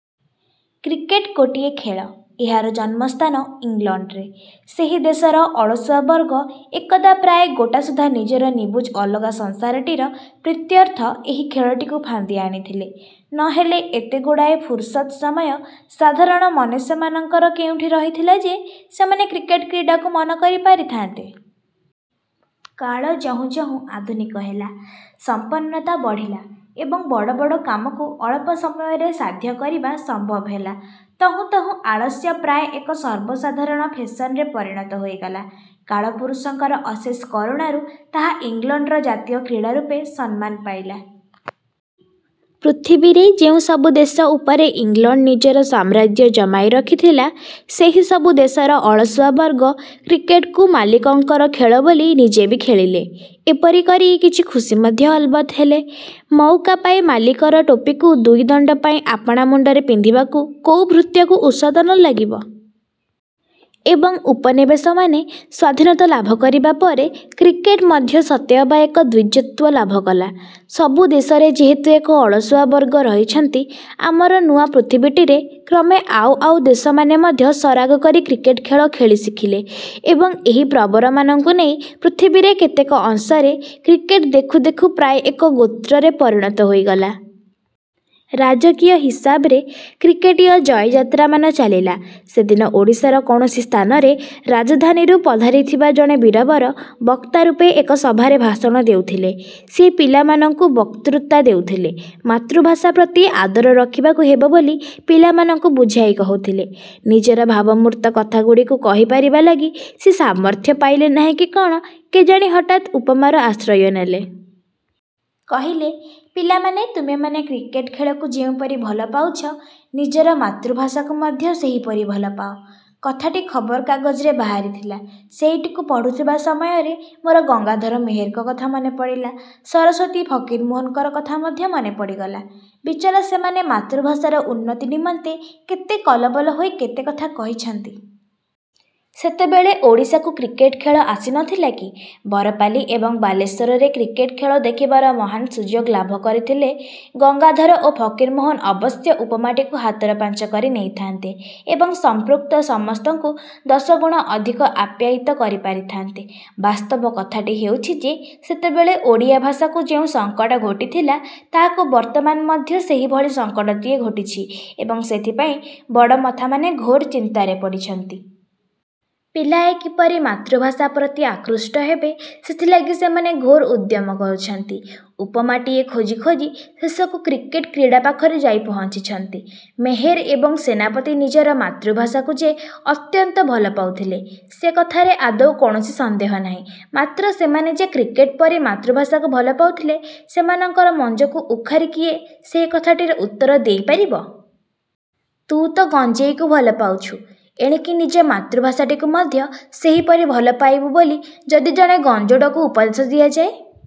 Cricket ଗୋଟିଏ ଖେଳ। ଏହାର ଜନ୍ମସ୍ଥାନ ଇଂଲଣ୍ଡରେ। ସେହି ଦେଶର ଅଳସୁଆବର୍ଗ ଏକଦା ପ୍ରାୟ ଗୋଟାସୁଦ୍ଧା ନିଜର ନିବୁଜ ଅଲଗା ସଂସାରଟିର ପ୍ରୀତ୍ୟର୍ଥ ଏହି ଖେଳଟିକୁ ଫାନ୍ଦି ଆଣିଥିଲେ। ନହେଲେ ଏତେଗୁଡ଼ାଏ ଫୁରୁସତ୍ ସମୟ ସାଧାରଣ ମନୁଷ୍ୟମାନଙ୍କର କେଉଁଠି ରହିଥିଲା ଯେ, ସେମାନେ କ୍ରିକେଟ କ୍ରୀଡ଼ାକୁ ମନକରି ପାରିଥାନ୍ତେ? କାଳ ଯହୁଁ ଯହୁଁ ଆଧୁନିକ ହେଲା, ସମ୍ପନ୍ନତା ବଢ଼ିଲା ଏବଂ ବଡ଼ ବଡ଼ କାମକୁ ଅଳପ ସମୟରେ ସାଧ୍ୟ କରିବା ସମ୍ଭବ ହେଲା ତହୁଁ ତହୁଁ ଆଳସ୍ୟ ପ୍ରାୟ ଏକ ସର୍ବସାଧାରଣ ଫେଶନରେ ପରିଣତ ହୋଇଗଲା। କାଳପୁରୁଷଙ୍କର ଅଶେଷ କରୁଣାରୁ ତାହା ଇଂଲଣ୍ଡର ଜାତୀୟ କ୍ରୀଡ଼ା ରୂପେ ସନମାନ ପାଇଲା। ପୃଥିବୀରେ ଯେଉଁ ସବୁ ଦେଶ ଉପରେ ଇଂଲଣ୍ଡ ନିଜର ସାମ୍ରାଜ୍ୟ ଜମାଇ ରଖିଥିଲା, ସେହିସବୁ ଦେଶର ଅଳସୁଆ ବର୍ଗ କ୍ରିକେଟ୍କୁ ମାଲିକଙ୍କର ଖେଳ ବୋଲି ନିଜେ ବି ଖେଳିଲେ, ଏପରି କରି କିଛି ଖୁସି ମଧ୍ୟ ଅଲବତ ହେଲେ। ମଉକା ପାଇ ମାଲିକର ଟୋପିକୁ ଦୁଇ ଦଣ୍ଡ ପାଇଁ ଆପଣା ମୁଣ୍ଡରେ ପିନ୍ଧିବାକୁ କୋଉ ଭୃତ୍ୟକୁ ଉଷତ ନ ଲାଗିବ? ଏବଂ ଉପନିବେଶମାନେ ସ୍ୱାଧୀନତା ଲାଭ କରିବା ପରେ କ୍ରିକେଟ ମଧ୍ୟ ସତେ ଅବା ଏକ ଦ୍ୱିଜତ୍ୱ ଲାଭ କଲା। ସବୁ ଦେଶରେ ଯେହେତୁ ଏକ ଅଳସୁଆ ବର୍ଗ ରହିଛନ୍ତି, ଆମର ନୂଆ ପୃଥିବୀଟିରେ କ୍ରମେ ଆଉ ଆଉ ଦେଶମାନେ ମଧ୍ୟ ସରାଗ କରି କ୍ରିକେଟ ଖେଳ ଖେଳି ଶିଖିଲେ ଏବଂ ଏହି ପ୍ରବରମାନଙ୍କୁ ନେଇ ପୃଥିବୀରେ କେତେକ ଅଂଶରେ କ୍ରିକେଟ ଦେଖୁ ଦେଖୁ ପ୍ରାୟ ଏକ ଗୋତ୍ରରେ ପରିଣତ ହୋଇଗଲା। ରାଜକୀୟ ହିସାବରେ କ୍ରିକେଟୀୟ ଜୟଯାତ୍ରାମାନ ଚାଲିଲା। ସେଦିନ ଓଡ଼ିଶାର କୌଣସି ସ୍ଥାନରେ ରାଜଧାନୀରୁ ପଧାରିଥିବା ଜଣେ ବୀରବର ବକ୍ତା ରୂପେ ଏକ ସଭାରେ ଭାଷଣ ଦେଉଥିଲେ, ସିଏ ପିଲାମାନଙ୍କୁ ବକ୍ତୃତା ଦେଉଥିଲେ। ମାତୃଭାଷା ପ୍ରତି ଆଦର ରଖିବାକୁ ହେବ ବୋଲି ପିଲାମାନଙ୍କୁ ବୁଝାଇ କହୁଥିଲେ। ନିଜର ଭାବମୂର୍ତ୍ତ କଥାଗୁଡ଼ିକୁ କହି ପାରିବା ଲାଗି ସିଏ ସାମର୍ଥ୍ୟ ପାଇଲେ ନାହିଁକି କଣ କେଜାଣି, ହଠାତ୍ ଉପମାର ଆଶ୍ରୟ ନେଲେ। କହିଲେ ପିଲାମାନେ ତୁମେମାନେ କ୍ରିକେଟ ଖେଳକୁ ଯେଉଁପରି ଭଲ ପାଉଛ, ନିଜର ମାତୃଭାଷାକୁ ମଧ୍ୟ ସେହିପରି ଭଲ ପାଅ। କଥାଟି ଖବରକାଗଜରେ ବାହାରିଥିଲା। ସେଇଟିକୁ ପଢୁଥିବା ସମୟରେ ମୋର ଗଙ୍ଗାଧର ମେହେରଙ୍କ କଥା ମନେପଡ଼ିଲା, ସରସ୍ୱତୀ ଫକୀରମୋହନଙ୍କର କଥା ମଧ୍ୟ ମନେପଡ଼ିଗଲା। ବିଚରା ସେମାନେ ମାତୃଭାଷାର ଉନ୍ନତି ନିମନ୍ତେ କେତେ କଲବଲ ହୋଇ କେତେ କଥା କହିଛନ୍ତି। ସେତେବେଳେ ଓଡ଼ିଶାକୁ କ୍ରିକେଟ ଖେଳ ଆସିନଥିଲା କି? ବରପାଲି ଏବଂ ବାଲେଶ୍ୱରରେ କ୍ରିକେଟ ଖେଳ ଦେଖିବାର ମହାନ୍ ସୁଯୋଗ ଲାଭ କରିଥିଲେ ଗଙ୍ଗାଧର ଓ ଫକୀରମୋହନ ଅବଶ୍ୟ ଉପମାଟିକୁ ହାତରପାଞ୍ଚ କରି ନେଇଥାନ୍ତେ ଏବଂ ସମ୍ପୃକ୍ତ ସମସ୍ତଙ୍କୁ ଦଶଗୁଣ ଅଧିକ ଆପ୍ୟାୟିତ କରିପାରିଥାନ୍ତେ। ବାସ୍ତବ କଥାଟି ହେଉଛି ଯେ, ସେତେବେଳେ ଓଡ଼ିଆ ଭାଷାକୁ ଯେଉଁ ସଂକଟ ଘୋଟିଥିଲା ତାହାକୁ ବର୍ତ୍ତମାନ ମଧ୍ୟ ସେହିଭଳି ସଂକଟଟିଏ ଘୋଟିଛି ଏବଂ ସେଥିପାଇଁ ବଡ଼ମଥାମାନେ ଘୋର ଚିନ୍ତାରେ ପଡ଼ିଛନ୍ତି। ପିଲାଏ କିପରି ମାତୃଭାଷା ପ୍ରତି ଆକୃଷ୍ଟ ହେବେ, ସେଥିଲାଗି ସେମାନେ ଘୋର ଉଦ୍ୟମ କରୁଛନ୍ତି। ଉପମାଟିଏ ଖୋଜି ଖୋଜି ଶେଷକୁ କ୍ରିକେଟ କ୍ରୀଡ଼ା ପାଖରେ ଯାଇ ପହଞ୍ଚିଛନ୍ତି। ମେହେର ଏବଂ ସେନାପତି ନିଜର ମାତୃଭାଷାକୁ ଯେ ଅତ୍ୟନ୍ତ ଭଲ ପାଉଥିଲେ, ସେ କଥାରେ ଆଦୌ କୌଣସି ସନ୍ଦେହ ନାହିଁ ମାତ୍ର ସେମାନେ ଯେ କ୍ରିକେଟ ପରି ମାତୃଭାଷାକୁ ଭଲ ପାଉଥିଲେ, ସେମାନଙ୍କର ମଞ୍ଜକୁ ଉଖାରି କିଏ ସେହି କଥାଟିର ଉତ୍ତର ଦେଇପାରିବ? ତୁ ତୋ ଗଞ୍ଜେଇକୁ ଭଲ ପାଉଛୁ, ଏଣିକି ନିଜ ମାତୃଭାଷାଟିକୁ ମଧ୍ୟ ସେହିପରି ଭଲ ପାଇବୁ ବୋଲି ଯଦି ଜଣେ ଗଞ୍ଜୋଡ଼କୁ ଉପଦେଶ ଦିଆଯାଏ